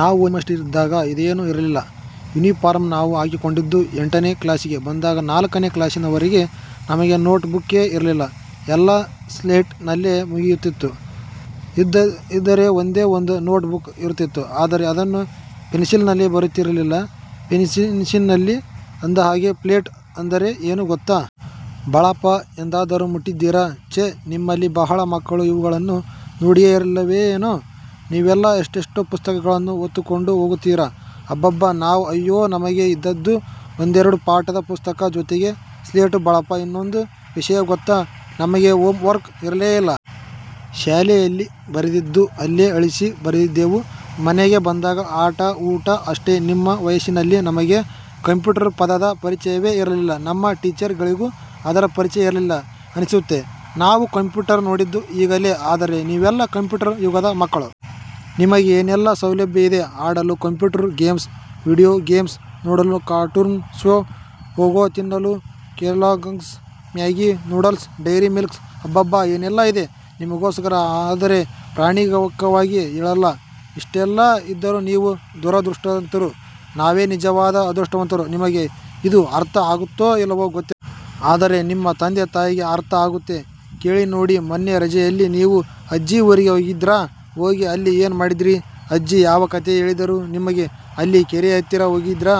ನಾವು ನಿಮ್ಮಷ್ಟರಿದ್ದಾಗ ಇದೇನು ಇರಲಿಲ್ಲ. ಯೂನಿಫಾರಮ್ ನಾವು ಹಾಕಿಕೊಂಡದ್ದು ಎಂಟನೆ ಕ್ಲಾಸಿಗೆ ಬಂದಾಗ, ನಾಲ್ಕನೇ ಕ್ಲಾಸಿನವರಗೆ ನಮಗೆ ನೋಟ್ ಬುಕ್ಕೇ ಇರಲಿಲ್ಲ. ಎಲ್ಲಾ ಸ್ಲೇಟ್ ನಲ್ಲೇ ಮುಗಿಯುತಿತ್ತು. ಇದ್ದರೆ ಒಂದೇ ಒಂದು ನೋಟ್ ಬುಕ್ ಇರುತಿತ್ತು. ಆದರೆ ಅದನ್ನು ಪೆನ್ನಿನಲ್ಲಿ ಬರೆಯುತ್ತಿರಲಿಲ್ಲ, ಪೆನ್ಸಿಲಿನಲ್ಲಿ. ಅಂದಹಾಗೆ ಸ್ಲೇಟು ಅಂದರೆ ಏನು ಗೊತ್ತಾ? ಬಳಪ ಎಂದಾದರು ಮುಟ್ಟಿದ್ದೀರಾ? ಛೇ ನಿಮ್ಮಲ್ಲಿ ಬಹಳ ಮಕ್ಕಳು ಇವುಗಳನ್ನು ನೋಡಿಯೇ ಇಲ್ಲವೇನೊ? ನೀವೆಲ್ಲಾ ಎಷ್ಟೆಷ್ಟು ಪುಸ್ತಕಗಳನ್ನು ಹೊತ್ತಿಕೊಂಡು ಹೋಗುತ್ತೀರಾ, ಅಬ್ಬಬ್ಬಾ! ನಾವಾ ಅಯ್ಯೋ, ನಮಗೆ ಇದ್ದದ್ದು ಒಂದೆರಡು ಪಾಠದ ಪುಸ್ತಕ ಜೊತೆಗೆ ಸ್ಲೇಟು ಬಳಪ. ಇನ್ನೊಂದು ವಿಷಯ ಗೊತ್ತ ನಮಗೆ ಹೋಮ್ ವರ್ಕ್ ಇರಲೇ ಇಲ್ಲ. ಶಾಲೆಯಲ್ಲಿ ಬರೆದಿದ್ದು ಅಲ್ಲೆ ಅಳಿಸಿ ಬರುತ್ತಿದ್ದೆವು. ಮನೆಗೆ ಬಂದಾಗ ಆಟ ಊಟ ಅಷ್ಟೆ. ನಿಮ್ಮ ವಯಸ್ಸಿನಲ್ಲಿ ನಮಗೆ 'ಕಂಪ್ಯೂಟರ್' ಪದದ ಪರಿಚಯವೇ ಇರಲಿಲ್ಲ. ನಮ್ಮ ಟೀಚರ್ ಗಳಿಗೂ ಅದರ ಪರಿಚಯ ಇರಲಿಲ್ಲ ಅನ್ನಿಸುತ್ತೆ. ನಾವು ಕಂಪ್ಯೂಟರ್ ನೋಡಿದ್ದು ಈಗಲೇ. ಆದರೆ ನೀವೆಲ್ಲ ಕಂಪ್ಯೂಟರ್ ಯುಗದ ಮಕ್ಕಳು. ನಿಮಗೆ ಏನೆಲ್ಲಾ ಸೌಲಭ್ಯ ಇದೆ. ಆಡಲು ಕಂಪ್ಯೂಟರ್ ಗೇಮ್ಸ್, ವೀಡಿಯೋ ಗೇಮ್ಸ್, ನೋಡಲು ಕಾರ್ಟೂನ್ ಶೊ, ಪೋಗೊ, ತಿನ್ನಲು ಕೆಲಾಗ್ಸ್, ಮ್ಯಾಗಿ ನೂಡಲ್ಸ್, ಡೈರಿ ಮಿಲ್ಕ್ಅಬ್ಬಬ್ಬಾ, ಏನೆಲ್ಲಾ ಇದೆ 'ನಿಮಗೋಸ್ಕರ'? ಆದರೆ ಪ್ರಾಮಾಣಿಕವಾಗಿ ಹೇಳಲಾ? ಇಷ್ಟೆಲ್ಲಾ ಇದ್ದರು ನೀವು ದುರಾದೃಷ್ಟವಂತರು ನಾವೆ ನಿಜವಾದ ಅದೃಷ್ಟವಂತರು. ನಿಮಗೆ ಇದು ಅರ್ಥ ಆಗುತ್ತೋ ಇಲ್ಲವೋ ಗೊತ್ತಿಲ್ಲ. ಆದರೆ ನಿಮ್ಮ ತಂದೆ-ತಾಯಿಗೆ ಅರ್ಥ ಆಗುತ್ತೆ, ಕೇಳಿ ನೋಡಿ. ಮೊನ್ನೆ ರಜೆಯಲ್ಲಿ ನೀವು ಅಜ್ಜಿ ಊರಿಗೆ ಹೋಗಿದ್ರಾ? ಹೋಗಿ ಅಲ್ಲಿ ಏನ್ ಮಾಡಿದ್ರಿ? ಅಜ್ಜಿ ಯಾವ ಕತೆ ಹೇಳಿದರು ನಿಮಗೆ? ಅಲ್ಲಿ ಕೆರೆ ಹತ್ತಿರ ಹೋಗಿದ್ರಾ?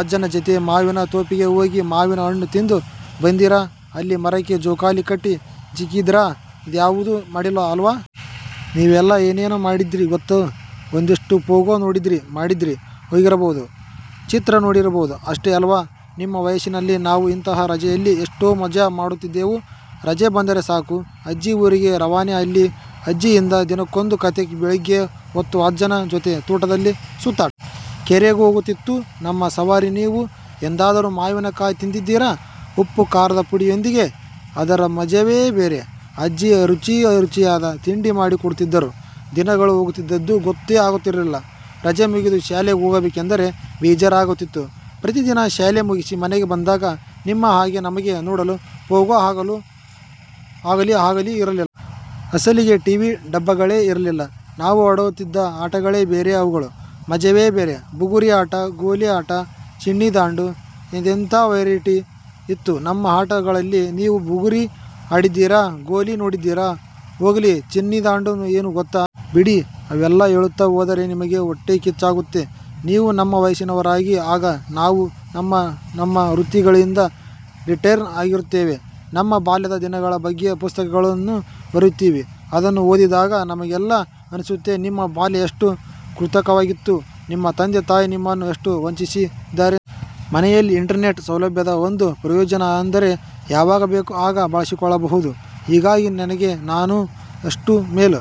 ಅಜ್ಜನ ಜತೆ ಮಾವಿನ ತೋಪಿಗೆ ಹೋಗಿ ಮಾವಿನ ಹಣ್ಣು ತಿಂದು ಬಂದಿರಾ ಅಲ್ಲಿ ಮರಕ್ಕೆ ಜೋಕಾಲಿ ಕಟ್ಟಿ ಜೀಕಿದ್ರಾ ಇದ್ಯಾವುದು ಮಾಡಿಲ್ಲ ಅಲ್ವಾ? ನೀವೆಲ್ಲ ಏನೇನು ಮಾಡಿದ್ರಿ ಗೊತ್ತು. ಒಂದಿಷ್ಟು ಪೊಗೊ ನೋಡಿದ್ರಿ, ಮಾಡಿದ್ರಿ, ಹೋಗಿರಬಹುದು, ಚಿತ್ರ ನೋಡಿರಬಹುದು. ಅಷ್ಟೆ ಅಲ್ವಾ ನಿಮ್ಮ ವಯಸ್ಸಿನಲ್ಲಿ ನಾವು ಇಂತಹ ರಜೆಯಲ್ಲಿ ಎಷ್ಟು ಮಜಾ ಮಾಡುತ್ತಿದ್ದೆವು. ರಜೆ ಬಂದರೆ ಸಾಕು, ಅಜ್ಜಿ ಊರಿಗೆ ರವಾನೆ. ಅಲ್ಲಿ ಅಜ್ಜಿಯಿಂದ ದಿನಕ್ಕೊಂದು ಕತೆ. ಬೆಳಿಗ್ಗೆ ಹೊತ್ತು ಅಜ್ಜನ ಜೊತೆ ತೋಟದಲ್ಲಿ ಸುತ್ತಾಟ. ಕೆರೆಗೂ ಹೋಗುತಿತ್ತು ನಮ್ಮ ಸವಾರಿ. ನೀವು ಎಂದಾದರು ಮಾವಿನ ಕಾಯಿ ತಿಂದಿದ್ದೀರಾ, ಉಪ್ಪು ಖಾರದ ಪುಡಿಯೊಂದಿಗೆ? ಅದರ ಮಜವೇ ಬೇರೆ. ಅಜ್ಜಿ ರುಚಿ ರುಚಿಯಾದ ತಿಂಡಿ ಮಾಡಿಕೊಡುತ್ತಿದ್ದರು. ದಿನಗಳು ಹೋಗುತ್ತಿದ್ದದ್ದು ಗೊತ್ತೇ ಆಗುತ್ತಿರಲಿಲ್ಲ. ರಜೆ ಮುಗಿದು ಶಾಲೆಗೆ ಹೋಗಬೇಕೆಂದರೇ ಬೇಜಾರಾಗುತಿತ್ತು. ಪ್ರತಿದಿನ ಶಾಲೆ ಮುಗಿಸಿ ಮನೆಗೆ ಬಂದಾಗ ನಿಮ್ಮ ಹಾಗೆ ನಮಗೆ ನೋಡಲು ಪೊಗೊ ಆಗಲಿ, ಆಗಲಿ ಇರಲಿಲ್ಲ. ಅಸಲಿಗೆ ಟಿ ವಿ ಡಬ್ಬಗಳೇ ಇರಲಿಲ್ಲ. ನಾವು ಆಡುತ್ತಿದ್ದ ಆಟಗಳೇ ಬೇರೆ ಅವುಗಳ ಮಜವೇ ಬೇರೆ. ಬುಗುರಿ ಆಟ, ಗೋಲಿ ಆಟ, ಚಿಣ್ಣಿ ದಾಂಡು. ಎಂತೆಂಥಾ ವೆರೈಟಿ ಇತ್ತು ನಮ್ಮ ಆಟಗಳಲ್ಲಿ ನೀವು ಬುಗುರಿ ಆಡಿದ್ದೀರಾ? ಗೋಲಿ ನೋಡಿದ್ದೀರಾ? ಹೋಗಲಿ, ಚಿನ್ನಿ ದಾಂಡು ಏನು ಗೊತ್ತಾ? ಬಿಡಿ, ಅವೆಲ್ಲಾ ಹೇಳುತ್ತಾ ಹೋದರೆ ನಿಮಗೆ ಹೋಟ್ಟೆಕಿಚ್ಚಾಗುತ್ತೆ. ನೀವೂ ನಮ್ಮ ವಯಸ್ಸಿನವರಾಗಿ. ಆಗ ನಾವು ನಮ್ಮ ನಮ್ಮ ವೃತ್ತಿಗಳಿಂದ ರಿಟೈರ್ ಆಗಿರುತ್ತೇವೆ. ನಮ್ಮ ಬಾಲ್ಯದ ದಿನಗಳ ಬಗ್ಗೆ ಪುಸ್ತಕಗಳನ್ನು ಬರೆಯುತ್ತೀವಿ ಅದನ್ನು ಓದಿದಾಗ ನಿಮಗೆಲ್ಲಾ ಅನ್ನಿಸುತ್ತೆ, ನಿಮ್ಮ ಬಾಲ್ಯ ಎಷ್ಟು ಕೃತಕವಾಗಿತ್ತು, ನಿಮ್ಮ ತಂದೆ ತಾಯಿ ನಿಮ್ಮನ್ನು ಎಷ್ಟು 'ವಂಚಿಸಿ'ದ್ದಾರೆಂದು! ಮನೆಯಲ್ಲಿ ಇಂಟರ್ನೆಟ್ ಸೌಲಭ್ಯದ ಒಂದು ಪ್ರಯೋಜನ ಅಂದರೆ ಯಾವಾಗ ಬೇಕು ಆಗ ಬಳಸಿಕೊಳ್ಳಬಹುದು. ಹೀಗಾಗಿ ನಿನಗೆ ನಾನು ಅಷ್ಟು ಮೇಲ್